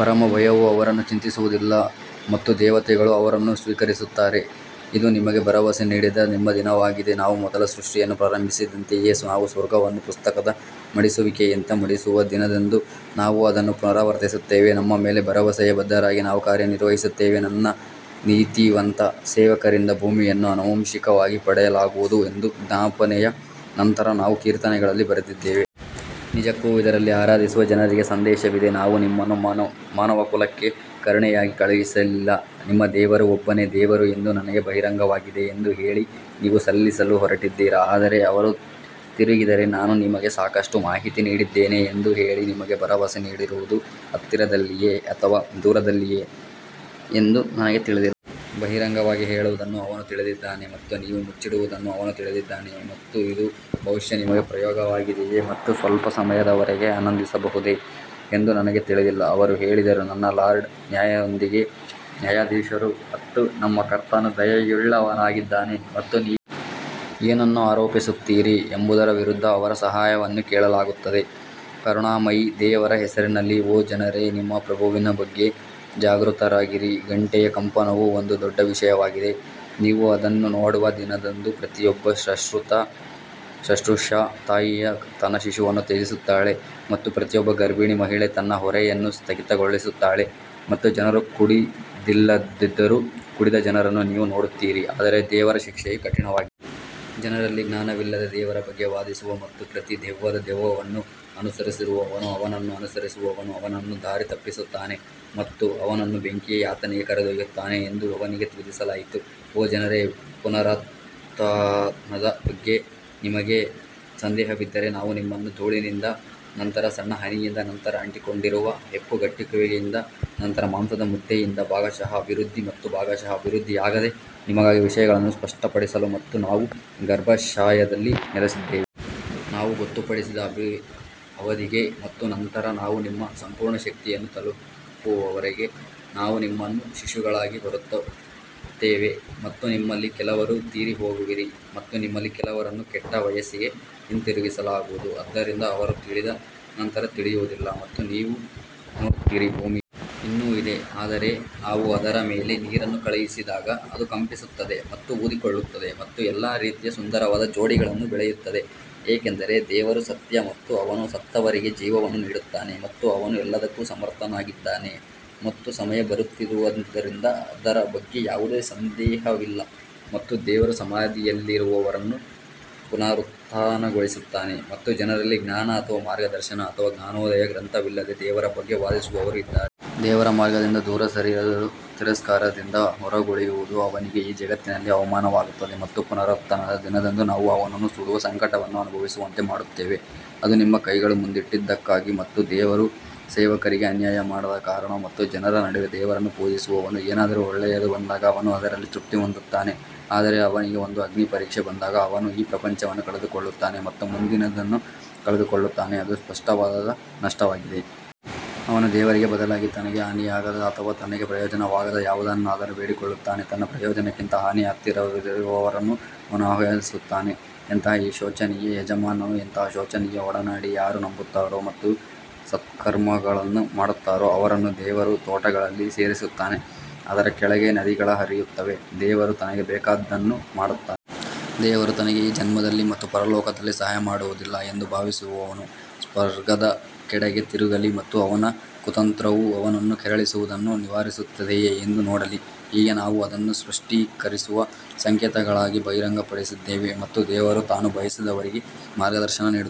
ಪರಮ ಭಯವು ಅವರನ್ನು ಚಿಂತಿಸುವುದಿಲ್ಲ ಮತ್ತು ದೇವತೆಗಳು ಅವರನ್ನು ಸ್ವೀಕರಿಸುತ್ತಾರೆ ಇದು ನಿಮಗೆ ಭರವಸೆ ನೀಡಿದ ನಿಮ್ಮ ದಿನವಾಗಿದೆ ನಾವು ಮೊದಲ ಸೃಷ್ಟಿಯನ್ನು ಪ್ರಾರಂಭಿಸಿದಂತೆಯೇ ನಾವು ಸ್ವರ್ಗವನ್ನು ಪುಸ್ತಕದ ಮಡಿಸುವಿಕೆಯಂತೆ ಮಡಿಸುವ ದಿನದಂದು ನಾವು ಅದನ್ನು ಪುನರಾವರ್ತಿಸುತ್ತೇವೆ ನಮ್ಮ ಮೇಲೆ ಭರವಸೆಯ ಬದ್ಧರಾಗಿ ನಾವು ಕಾರ್ಯನಿರ್ವಹಿಸುತ್ತೇವೆ ನನ್ನ ನೀತಿವಂತ ಸೇವಕರಿಂದ ಭೂಮಿಯನ್ನು ಆನುವಂಶಿಕವಾಗಿ ಪಡೆಯಲಾಗುವುದು ಎಂದು ಜ್ಞಾಪನೆಯ ನಂತರ ನಾವು ಕೀರ್ತನೆಗಳಲ್ಲಿ ಬರೆದಿದ್ದೇವೆ. ನಿಜಕ್ಕೂ ಇದರಲ್ಲಿ ಆರಾಧಿಸುವ ಜನರಿಗೆ ಸಂದೇಶವಿದೆ ನಾವು ನಿಮ್ಮನ್ನು ಮಾನವಕುಲಕ್ಕೆ ಕರುಣೆಯಾಗಿ ಕಳುಹಿಸಿಲ್ಲ ನಿಮ್ಮ ದೇವರು ಒಬ್ಬನೇ ದೇವರು ಎಂದು ನನಗೆ ಬಹಿರಂಗವಾಗಿದೆ ಎಂದು ಹೇಳಿ ನೀವು ಸಲ್ಲಿಸಲು ಹೊರಟಿದ್ದೀರಾ ಆದರೆ ಅವರು ತಿರುಗಿದರೆ, ನಾನು ನಿಮಗೆ ಸಾಕಷ್ಟು ಮಾಹಿತಿ ನೀಡಿದ್ದೇನೆ ಎಂದು ಹೇಳಿ, ನಿಮಗೆ ಭರವಸೆ ನೀಡಿರುವುದು ಹತ್ತಿರದಲ್ಲಿದೆಯೇ ಅಥವಾ ದೂರದಲ್ಲಿದೆಯೇ ಎಂದು ನನಗೆ ತಿಳಿದಿಲ್ಲ. ಬಹಿರಂಗವಾಗಿ ಹೇಳುವುದನ್ನು ಅವನು ತಿಳಿದಿದ್ದಾನೆ ಮತ್ತು ನೀವು ಮುಚ್ಚಿಡುವುದನ್ನು ಅವನು ತಿಳಿದಿದ್ದಾನೆ ಮತ್ತು ಇದು ಬಹುಶಃ ನಿಮಗೆ ಪ್ರಯೋಗವಾಗಿದೆಯೇ ಮತ್ತು ಸ್ವಲ್ಪ ಸಮಯದವರೆಗೆ ಆನಂದಿಸಬಹುದೇ ಎಂದು ನನಗೆ ತಿಳಿದಿಲ್ಲ ಅವರು ಹೇಳಿದರು ನನ್ನ ಲಾರ್ಡ್ ನ್ಯಾಯದೊಂದಿಗೆ ನ್ಯಾಯಾಧೀಶರು ಮತ್ತು ನಮ್ಮ ಕರ್ತನು ದಯೆಯುಳ್ಳವನಾಗಿದ್ದಾನೆ ಮತ್ತು ನೀವು ಏನನ್ನು ಆರೋಪಿಸುತ್ತೀರಿ ಎಂಬುದರ ವಿರುದ್ಧ ಅವರ ಸಹಾಯವನ್ನು ಕೇಳಲಾಗುತ್ತದೆ ಕರುಣಾಮಯಿ ದೇವರ ಹೆಸರಿನಲ್ಲಿ ಓ ಜನರೇ ನಿಮ್ಮ ಪ್ರಭುವಿನ ಬಗ್ಗೆ ಜಾಗೃತರಾಗಿರಿ ಗಂಟೆಯ ಕಂಪನವು ಒಂದು ದೊಡ್ಡ ವಿಷಯವಾಗಿದೆ ನೀವು ಅದನ್ನು ನೋಡುವ ದಿನದಂದು ಪ್ರತಿಯೊಬ್ಬ ಶುಶ್ರೂಷಾ ತಾಯಿಯು ತನ್ನ ಶಿಶುವನ್ನು ತ್ಯಜಿಸುತ್ತಾಳೆ ಮತ್ತು ಪ್ರತಿಯೊಬ್ಬ ಗರ್ಭಿಣಿ ಮಹಿಳೆ ತನ್ನ ಹೊರೆಯನ್ನು ಸ್ಥಗಿತಗೊಳಿಸುತ್ತಾಳೆ ಮತ್ತು ಜನರು ಕುಡಿದಿಲ್ಲದಿದ್ದರೂ ಕುಡಿದ ಜನರನ್ನು ನೀವು ನೋಡುತ್ತೀರಿ ಆದರೆ ದೇವರ ಶಿಕ್ಷೆಯು ಕಠಿಣವಾಗಿದೆ. ಜನರಲ್ಲಿ ಜ್ಞಾನವಿಲ್ಲದೆ ದೇವರ ಬಗ್ಗೆ ವಾದಿಸುವ ಮತ್ತು ಪ್ರತಿ ದೆವ್ವದ ದೆವ್ವವನ್ನು ಅನುಸರಿಸುವವನು ಅವನನ್ನು ಅನುಸರಿಸುವವನು ಅವನನ್ನು ದಾರಿ ತಪ್ಪಿಸುತ್ತಾನೆ ಮತ್ತು ಅವನನ್ನು ಬೆಂಕಿಯ ಯಾತನೆಗೆ ಕರೆದೊಯ್ಯುತ್ತಾನೆ ಎಂದು ಅವನಿಗೆ ವಿಧಿಸಲಾಯಿತು. ಓ ಜನರೇ, ಪುನರುತ್ಥಾನದ ಬಗ್ಗೆ ನಿಮಗೆ ಸಂದೇಹವಿದ್ದರೆ ನಾವು ನಿಮ್ಮನ್ನು ಧೂಳಿನಿಂದ ನಂತರ ಸಣ್ಣ ಹನಿಯಿಂದ ನಂತರ ಅಂಟಿಕೊಂಡಿರುವ ಹೆಪ್ಪುಗಟ್ಟುವಿಕೆಯಿಂದ ನಂತರ ಮಾಂಸದ ಮುದ್ದೆಯಿಂದ ಭಾಗಶಃ ಅಭಿವೃದ್ಧಿ ಮತ್ತು ಭಾಗಶಃ ಅಭಿವೃದ್ಧಿಯಾಗದೆ ನಿಮಗಾಗಿ ವಿಷಯಗಳನ್ನು ಸ್ಪಷ್ಟಪಡಿಸಲು ಮತ್ತು ನಾವು ಗರ್ಭಾಶಯದಲ್ಲಿ ನೆಲೆಸಿದ್ದೇವೆ. ನಾವು ಗೊತ್ತುಪಡಿಸಿದ ಅವಧಿಗೆ ಮತ್ತು ನಂತರ ನಾವು ನಿಮ್ಮ ಸಂಪೂರ್ಣ ಶಕ್ತಿಯನ್ನು ತಲುಪುವವರೆಗೆ ನಾವು ನಿಮ್ಮನ್ನು ಶಿಶುಗಳಾಗಿ ಹೊರತರುತ್ತೇವೆ ಮತ್ತು ನಿಮ್ಮಲ್ಲಿ ಕೆಲವರು ತೀರಿಹೋಗುವಿರಿ ಮತ್ತು ನಿಮ್ಮಲ್ಲಿ ಕೆಲವರನ್ನು ಕೆಟ್ಟ ವಯಸ್ಸಿಗೆ ಹಿಂತಿರುಗಿಸಲಾಗುವುದು ಆದ್ದರಿಂದ ಅವರು ತಿಳಿದ ನಂತರ ತಿಳಿಯುವುದಿಲ್ಲ ಮತ್ತು ನೀವು ನೋಡುತ್ತೀರಿ. ಭೂಮಿಯು ಇನ್ನೂ ಇದೆ ಆದರೆ ನಾವು ಅದರ ಮೇಲೆ ನೀರನ್ನು ಕಳುಹಿಸಿದಾಗ ಅದು ಕಂಪಿಸುತ್ತದೆ ಮತ್ತು ಊದಿಕೊಳ್ಳುತ್ತದೆ ಮತ್ತು ಎಲ್ಲಾ ರೀತಿಯ ಸುಂದರವಾದ ಜೋಡಿಗಳನ್ನು ಬೆಳೆಯುತ್ತದೆ ಏಕೆಂದರೆ ದೇವರು ಸತ್ಯ ಮತ್ತು ಅವನು ಸತ್ತವರಿಗೆ ಜೀವವನ್ನು ನೀಡುತ್ತಾನೆ ಮತ್ತು ಅವನು ಎಲ್ಲದಕ್ಕೂ ಸಮರ್ಥನಾಗಿದ್ದಾನೆ ಮತ್ತು ಸಮಯ ಬರುತ್ತಿರುವುದರಿಂದ ಅದರ ಬಗ್ಗೆ ಯಾವುದೇ ಸಂದೇಹವಿಲ್ಲ ಮತ್ತು ದೇವರು ಸಮಾಧಿಯಲ್ಲಿರುವವರನ್ನು ಪುನರುತ್ಥಾನಗೊಳಿಸುತ್ತಾನೆ ಮತ್ತು ಜನರಲ್ಲಿ ಜ್ಞಾನ ಅಥವಾ ಮಾರ್ಗದರ್ಶನ ಅಥವಾ ಜ್ಞಾನೋದಯ ಗ್ರಂಥವಿಲ್ಲದೆ ದೇವರ ಬಗ್ಗೆ ವಾದಿಸುವವರು ಇದ್ದಾರೆ. ದೇವರ ಮಾರ್ಗದಿಂದ ದೂರ ಸರಿಯಲು ತಿರಸ್ಕಾರದಿಂದ ಹೊರಗುಳಿಯುವುದು ಅವನಿಗೆ ಈ ಜಗತ್ತಿನಲ್ಲಿ ಅವಮಾನವಾಗುತ್ತದೆ ಮತ್ತು ಪುನರುತ್ಥಾನದ ದಿನದಂದು ನಾವು ಅವನನ್ನು ಸುಡುವ ಸಂಕಟವನ್ನು ಅನುಭವಿಸುವಂತೆ ಮಾಡುತ್ತೇವೆ. ಅದು ನಿಮ್ಮ ಕೈಗಳು ಮುಂದಿಟ್ಟದ್ದಕ್ಕಾಗಿ ಮತ್ತು ದೇವರು ಸೇವಕರಿಗೆ ಅನ್ಯಾಯ ಮಾಡದ ಕಾರಣ ಮತ್ತು ಜನರ ನಡುವೆ ದೇವರನ್ನು ಪೂಜಿಸುವವನು ಏನಾದರೂ ಒಳ್ಳೆಯದು ಬಂದಾಗ ಅವನು ಅದರಲ್ಲಿ ತೃಪ್ತಿ ಹೊಂದುತ್ತಾನೆ ಆದರೆ ಅವನಿಗೆ ಒಂದು ಅಗ್ನಿಪರೀಕ್ಷೆ ಬಂದಾಗ ಅವನು ಈ ಪ್ರಪಂಚವನ್ನು ಕಳೆದುಕೊಳ್ಳುತ್ತಾನೆ ಮತ್ತು ಮುಂದಿನದನ್ನು ಕಳೆದುಕೊಳ್ಳುತ್ತಾನೆ ಅದು ಸ್ಪಷ್ಟವಾದ ನಷ್ಟವಾಗಿದೆ. ಅವನು ದೇವರಿಗೆ ಬದಲಾಗಿ ತನಗೆ ಹಾನಿಯಾಗದ ಅಥವಾ ತನಗೆ ಪ್ರಯೋಜನವಾಗದ ಯಾವುದನ್ನಾದರೂ ಬೇಡಿಕೊಳ್ಳುತ್ತಾನೆ ತನ್ನ ಪ್ರಯೋಜನಕ್ಕಿಂತ ಹಾನಿ ಹತ್ತಿರವಿರುವವರನ್ನು ಅವನು ಆಹ್ವಾನಿಸುತ್ತಾನೆ, ಎಂತಹ ಶೋಚನೀಯ ಯಜಮಾನನು ಎಂತಹ ಶೋಚನೀಯ ಒಡನಾಡಿ ಯಾರು ನಂಬುತ್ತಾರೋ ಮತ್ತು ಸತ್ಕರ್ಮಗಳನ್ನು ಮಾಡುತ್ತಾರೋ ಅವರನ್ನು ದೇವರು ತೋಟಗಳಲ್ಲಿ ಸೇರಿಸುತ್ತಾನೆ, ಅದರ ಕೆಳಗೆ ನದಿಗಳು ಹರಿಯುತ್ತವೆ, ದೇವರು ತನಗೆ ಬೇಕಾದುದನ್ನು ಮಾಡುತ್ತಾನೆ. ದೇವರು ತನಗೆ ಈ ಜನ್ಮದಲ್ಲಿ ಮತ್ತು ಪರಲೋಕದಲ್ಲಿ ಸಹಾಯ ಮಾಡುವುದಿಲ್ಲ ಎಂದು ಭಾವಿಸುವವನು ಸ್ವರ್ಗದ ಕಡೆಗೆ ತಿರುಗಲಿ ಮತ್ತು ಅವನ ಕುತಂತ್ರವು ಅವನನ್ನು ಕೆರಳಿಸುವದನ್ನು ನಿವಾರಿಸುತ್ತದೆಯೇ ಎಂದು ನೋಡಲಿ. ಹೀಗೆ ನಾವು ಅದನ್ನು ಸ್ಪಷ್ಟೀಕರಿಸುವ ಸಂಕೇತಗಳಾಗಿ ಬಹಿರಂಗಪಡಿಸಿದ್ದೇವೆ ಮತ್ತು ದೇವರು ತಾನು ಬಯಸಿದವರಿಗೆ ಮಾರ್ಗದರ್ಶನ ನೀಡುತ್ತಾನೆ.